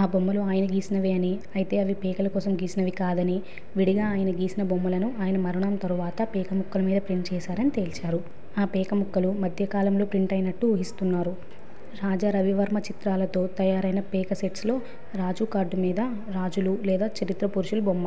ఆ బొమ్మలు ఆయన గీసినవే అని, అయితే అవి పేకల కోసం గీసినవి కాదని, విడిగా ఆయన గీసిన బొమ్మలను ఆయన మరణం తరువాత పేకముక్కలమీద ప్రింట్ చేశారని తేల్చారు. ఆ పేకముక్కలు మధ్య కాలంలో ప్రింట్ అయినట్టు ఊహిస్తున్నారు. రాజా రవివర్మ చిత్రాలతో తయారైన పేక సెట్స్లో రాజు కార్డు మీద రాజులు, లేదా చరిత్ర పురుషుల బొమ్మ.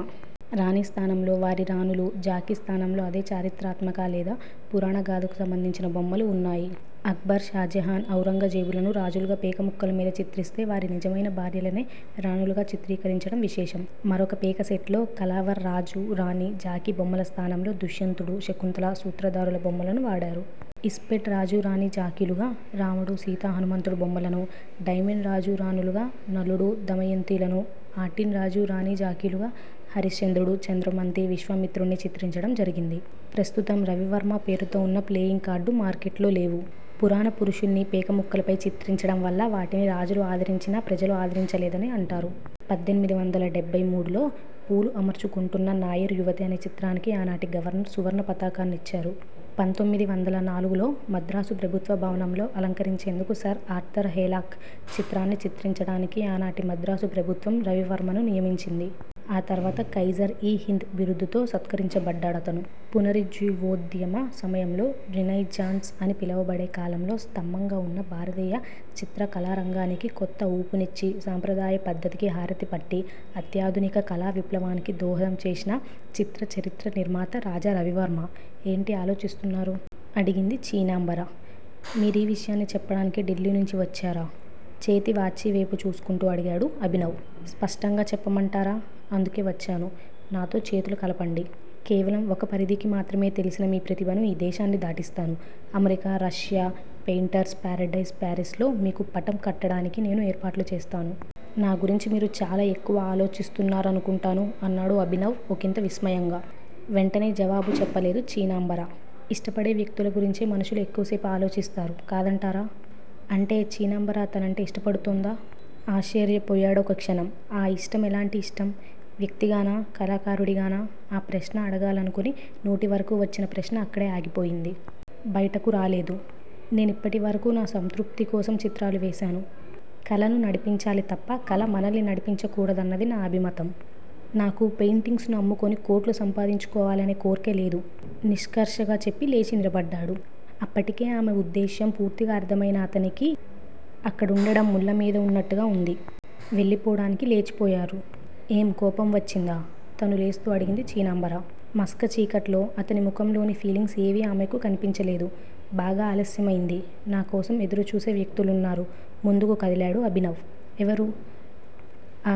రాణిస్థానంలో వారి రాణులు, జాకీ స్థానంలో అదే చారిత్రాత్మక, లేదా పురాణగాథకు సంబంధించిన బొమ్మలు వున్నాయి. అక్బర్, షాజహాన్, ఔరంగజేబులను రాజులుగా పేకముక్కలమీద చిత్రిస్తే వారి నిజమైన భార్యలనే రాణులుగా చిత్రీకరించడం విశేషం. మరొక పేక సెట్ లో కళావర్ రాజు, రాణి, జాకీ బొమ్మల స్థానంలో దుష్యంతుడు, శకుంతల సూత్రధారుల బొమ్మలను వాడారు. ఇస్పేట్ రాజు, రాణి, జాకీలుగా రాముడు, సీత, హనుమంతుడు బొమ్మలను, డైమన్ రాజు, రాణులుగా నలుడు, దమయంతిలను, అఠీన్ రాజు, రాణి జాకీలుగా హరిశ్చంద్రుడు, చంద్రమంతి, విశ్వామిత్రుడ్ని చిత్రించడం జరిగింది. ప్రస్తుతం రవివర్మ పేరుతో వున్న ప్లేయింగ్ కార్డు మార్కెట్లో లేవు. పురాణ పురుషుల్ని పేకముక్కలపై చిత్రించడం వల్ల వాటిని రాజులు ఆదరించినా, ప్రజలు ఆదరించలేదని అంటారు. పద్దెనిమిది వందల డెబ్భై మూడు లో పూలు అమర్చుకొంటున్న నాయర్ యువతి అనే చిత్రానికి ఆనాటి గవర్నర్ సువర్ణ పతాకాన్నిచ్చారు. పంత్తోమ్మిది వందల నాలుగులో మద్రాసు ప్రభుత్వ భవనంలో అలంకరించేందుకు సర్ ఆర్థర్ హెలాక్ చిత్రాన్ని చిత్రించడానికి ఆనాటి మద్రాసు ప్రభుత్వం రవివర్మను నియమించింది. ఆ తర్వాత కైజర్- ఇ- హింద్ బిరుదుతో సత్కరించబడ్డాడతను. పునరుజ్జీవోద్యమ సమయంలో రినైజాన్స్ అని పిలవబడే కాలంలో స్తంబంగా వున్న భారతీయ చిత్రకళారంగానికి కొత్త ఊపునిచ్చి సంప్రదాయ పద్ధతికి హారతిపట్టి, అత్యాధునిక కళా విప్లవానికి దోహదం చేసిన చిత్రచరిత్ర నిర్మాత రాజా రవివర్మ. ఏంటి ఆలోచిస్తున్నారు? అడిగింది చీనాంబర. మీరీ విషయాన్ని చెప్పడానికే ఢిల్లీ నుంచి వచ్చారా? చేతి వాచీవేపు చూసుకుంటూ అడిగాడు అభినవ్. స్పష్టంగా చెప్పమంటారా! అందుకే వచ్చాను. నాతో చేతులు కలపండి. కేవలం ఒక పరిధికి మాత్రమే తెల్సిన మీ ప్రతిభను ఈ దేశాన్ని దాటిస్తాను. America, Russia, painters paradise Paris లో మీకు పట్టం కట్టడానికి నేను ఏర్పాట్లు చేస్తాను. నాగురించి మీరు చాలా ఎక్కువ ఆలోచిస్తున్నారనుకుంటాను అన్నాడు అభినవ్ ఒకింత విస్మయంగా. వెంటనే జవాబు చెప్పలేదు చీనాంబర. ఇష్టపడే వ్యక్తుల గురించే మనుషులు ఎక్కువసేపు ఆలోచిస్తారు కాదంటారా? అంటే చీనాంబర తనంటే ఇష్టపడుతోందా? ఆశ్చర్యపోయాడు ఒక క్షణం ఆ యిష్టం ఎలాంటి ఇష్టం? వ్యక్తిగానా? కళాకారుడిగానా? ఆ ప్రశ్న అడగాలనుకుని నోటివరకూ వచ్చిన ప్రశ్న అక్కడే ఆగిపోయింది. బయటకు రాలేదు. నేనిప్పటివరకూ నా సంతృప్తి కోసం చిత్రాలు వేశాను. కళను నడిపించాలి తప్ప కల మనల్ని నడిపించకూడదన్నది నా అభిమతం. నాకు పెయింటింగ్స్ ను అమ్ముకుని కోట్లు సంపాదించుకోవాలనే కోర్కె లేదు నిష్కర్షగా చెప్పి లేచి నిలబడ్డాడు. అప్పటికే ఆమె ఉద్దేశ్యం పూర్తిగా అర్థమయిన అతనికి అక్కడుండడం ముళ్ళమీద వున్నట్టుగా వుంది. వెళ్ళిపోడానికి లేచిపోయారు. ఏం కోపం వచ్చిందా? తనూ లేస్తూ అడిగింది చీనాంబర. మసక చీకట్లో అతని ముఖంలోని ఫీలింగ్స్ ఏవీ ఆమెకు కనిపించలేదు. బాగా ఆలస్యమైంది. నా కోసం ఎదురుచూసే వ్యక్తులున్నారు ముందుకు కదిలాడు అభినవ్. ఎవరు?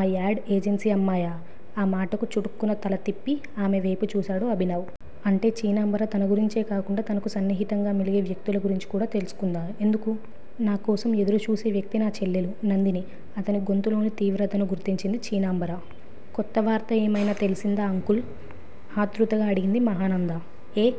ఆ యాడ్ ఏజెన్సీ అమ్మాయా? ఆ మాటకు చుటుక్కున తలతిప్పి ఆమె వేపు చూశాడు అభినవ్. అంటే చీనాంబర తన గురించే కాకుండా తనకు సన్నిహితంగా మెలిగే వ్యక్తుల గురించి కూడా తెలుసుకుందా? ఎందుకు? నా కోసం ఎదురుచూసే వ్యక్తి నా చెల్లెలు నందిని అతని గొంతులోని తీవ్రతను గుర్తించింది చీనాంబర. కొత్త వార్త ఏమయినా తెలిసిందా అంకుల్? ఆతృతగా అడిగింది మహానంద. ఏ